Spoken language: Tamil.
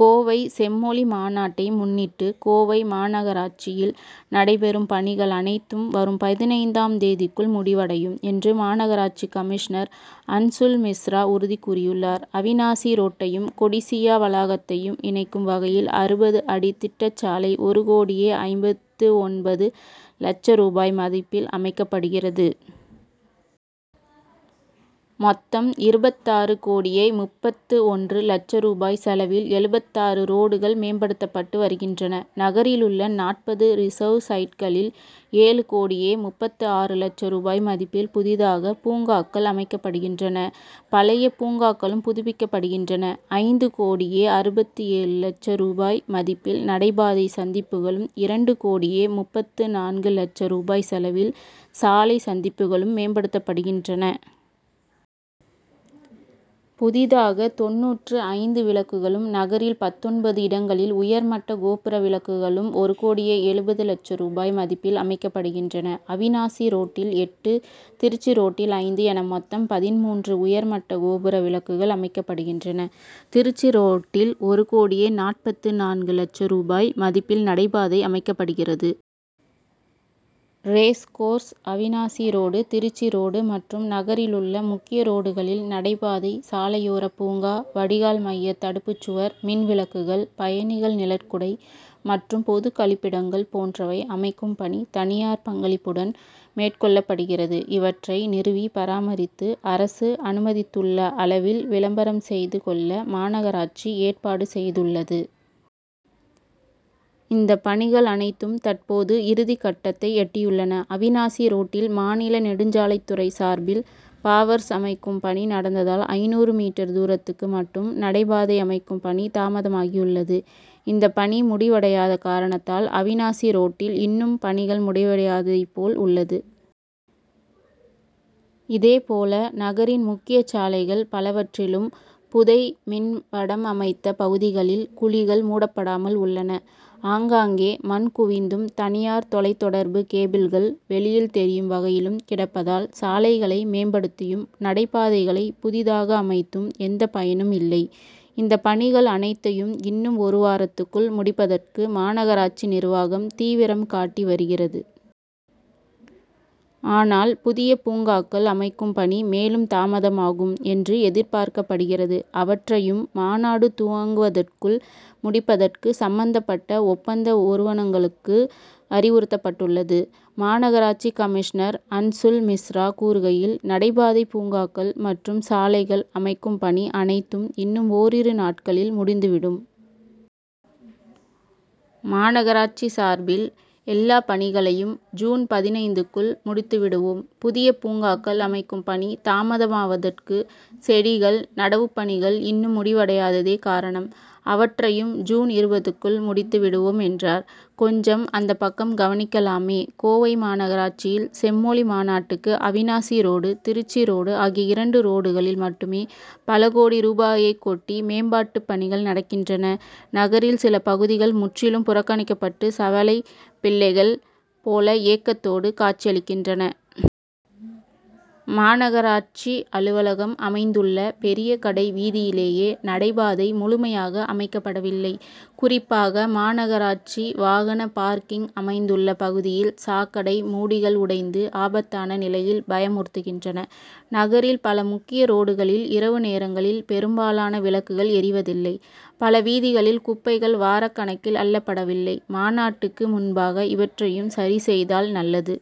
கோவை செம்மொழி மாநாட்டை முன்னிட்டு கோவை மாநகராட்சியில் நடைபெறும் பணிகள் அனைத்தும் வரும் பதினைந்தாம் தேதிக்குள் முடிவடையும் என்று மாநகராட்சி கமிஷனர் அன்சுல் மிஸ்ரா உறுதி கூறியுள்ளார். அவிநாசி ரோட்டையும் கொடிசியா வளாகத்தையும் இணைக்கும் வகையில் அறுபது அடி திட்டச்சாலை ஒரு கோடியே ஐம்பத்து ஒன்பது லட்ச ரூபாய் மதிப்பில் அமைக்கப்படுகிறது. மொத்தம் இருபத்தாறு கோடியே முப்பத்து ஒன்று லட்ச ரூபாய் செலவில் எழுபத்தாறு ரோடுகள் மேம்படுத்தப்பட்டு வருகின்றன. நகரிலுள்ள நாற்பது ரிசர்வ் சைட்களில் ஏழு கோடியே முப்பத்து ஆறு லட்ச ரூபாய் மதிப்பில் புதிதாக பூங்காக்கள் அமைக்கப்படுகின்றன பழைய பூங்காக்களும் புதுப்பிக்கப்படுகின்றன. ஐந்து கோடியே அறுபத்து ஏழு லட்ச ரூபாய் மதிப்பில் நடைபாதை சந்திப்புகளும் இரண்டு கோடியே முப்பத்து நான்கு லட்ச ரூபாய் செலவில் சாலை சந்திப்புகளும் மேம்படுத்தப்படுகின்றன. புதிதாக தொண்ணூற்று ஐந்து விளக்குகளும் நகரில் பத்தொன்பது இடங்களில் உயர் மட்ட கோபுர விளக்குகளும் ஒரு கோடியே எழுபது லட்ச ரூபாய் மதிப்பில் அமைக்கப்படுகின்றன. அவிநாசி ரோட்டில் எட்டு திருச்சி ரோட்டில் ஐந்து என மொத்தம் பதின்மூன்று உயர் மட்ட கோபுர விளக்குகள் அமைக்கப்படுகின்றன. திருச்சி ரோட்டில் ஒரு கோடியே நாற்பத்து நான்கு லட்ச ரூபாய் மதிப்பில் நடைபாதை அமைக்கப்படுகிறது. Racecourse Avinashi road Trichy road மற்றும் நகரிலுள்ள முக்கிய ரோடுகளில் நடைபாதை சாலையோரப் பூங்கா வடிகால் மையத் தடுப்புச்சுவர் மின் விளக்குகள் பயணிகள் நிழற்குடை மற்றும் பொது கழிப்பிடங்கள் போன்றவை அமைக்கும் பணி தனியார் பங்களிப்புடன் மேற்கொள்ளப்படுகிறது. இவற்றை நிறுவி பராமரித்து அரசு அனுமதித்துள்ள அளவில் விளம்பரம் செய்து கொள்ள மாநகராட்சி ஏற்பாடு செய்துள்ளது. இந்த பணிகள் அனைத்தும் தற்போது இறுதிக்கட்டத்தை எட்டியுள்ளன. அவிநாசி ரோட்டில் மாநில நெடுஞ்சாலைத்துறை சார்பில் பாவர்ஸ் அமைக்கும் பணி நடந்ததால் ஐந்நூறு மீட்டர் தூரத்துக்கு மட்டும் நடைபாதை அமைக்கும் பணி தாமதமாகியுள்ளது. இந்தப் பணி முடிவடையாத காரணத்தால் அவிநாசி ரோட்டில் இன்னும் பணிகள் முடிவடையாததைப் போல் உள்ளது. இதேபோல நகரின் முக்கியச் சாலைகள் பலவற்றிலும் புதை மின் வடம் அமைத்த பகுதிகளில் குழிகள் மூடப்படாமல் உள்ளன. ஆங்காங்கே மண் குவிந்தும் தனியார் தொலைத் தொடர்பு கேபிள்கள் வெளியில் தெரியும் வகையிலும் கிடப்பதால் சாலைகளை மேம்படுத்தியும் நடைபாதைகளை புதிதாக அமைத்தும் எந்த பயனும் இல்லை. இந்த பணிகள் அனைத்தையும் இன்னும் ஒரு வாரத்துக்குள் முடிப்பதற்கு மாநகராட்சி நிர்வாகம் தீவிரம் காட்டி வருகிறது. ஆனால் புதிய பூங்காக்கள் அமைக்கும் பணி மேலும் தாமதமாகும் என்று எதிர்பார்க்கப்படுகிறது. அவற்றையும் மாநாடு துவங்குவதற்குள் முடிப்பதற்கு சம்மந்தப்பட்ட ஒப்பந்த ஒறுவனங்களுக்கு அறிவுறுத்தப்பட்டுள்ளது. மாநகராட்சி கமிஷனர் அன்சுல் மிஸ்ரா கூறுகையில் நடைபாதை பூங்காக்கள் மற்றும் சாலைகள் அமைக்கும் பணி அனைத்தும் இன்னும் ஓரிரு நாட்களில் முடிந்து விடும். மாநகராட்சி சார்பில் எல்லாப் பணிகளையும் ஜூன் பதினைந்துக்குள் முடித்து விடுவோம். புதிய பூங்காக்கள் அமைக்கும் பணி தாமதமாவதற்கு செடிகள் நடவுப்பணிகள் இன்னும் முடிவடையாததே காரணம். அவற்றையும் ஜூன் இருபதுக்குள் முடித்து விடுவோம் என்றார். கொஞ்சம் அந்தப்பக்கம் கவனிக்கலாமே! கோவை மாநகராட்சியில் செம்மொழி மாநாட்டுக்கு அவிநாசி ரோடு திருச்சி ரோடு ஆகிய இரண்டு ரோடுகளில் மட்டுமே பல கோடி ரூபாயைக்கொட்டி மேம்பாட்டுப் பணிகள் நடக்கின்றன நகரில் சில பகுதிகள் முற்றிலும் புறக்கணிக்கப்பட்டு சவலைப் பிள்ளைகள் போல ஏக்கத்தோடு காட்சியளிக்கின்றன. மாநகராட்சி அலுவலகம் அமைந்துள்ள பெரிய கடை வீதியிலேயே நடைபாதை முழுமையாக அமைக்கப்படவில்லை. குறிப்பாக மாநகராட்சி வாகன பார்க்கிங் அமைந்துள்ள பகுதியில் சாக்கடை மூடிகள் உடைந்து ஆபத்தான நிலையில் பயமுறுத்துகின்றன. நகரில் பல முக்கிய ரோடுகளில் இரவு நேரங்களில் பெரும்பாலான விளக்குகள் எரிவதில்லை. பல வீதிகளில் குப்பைகள் வாரக்கணக்கில் அள்ளப்படவில்லை. மாநாட்டுக்கு முன்பாக இவற்றையும் சரி செய்தால் நல்லது.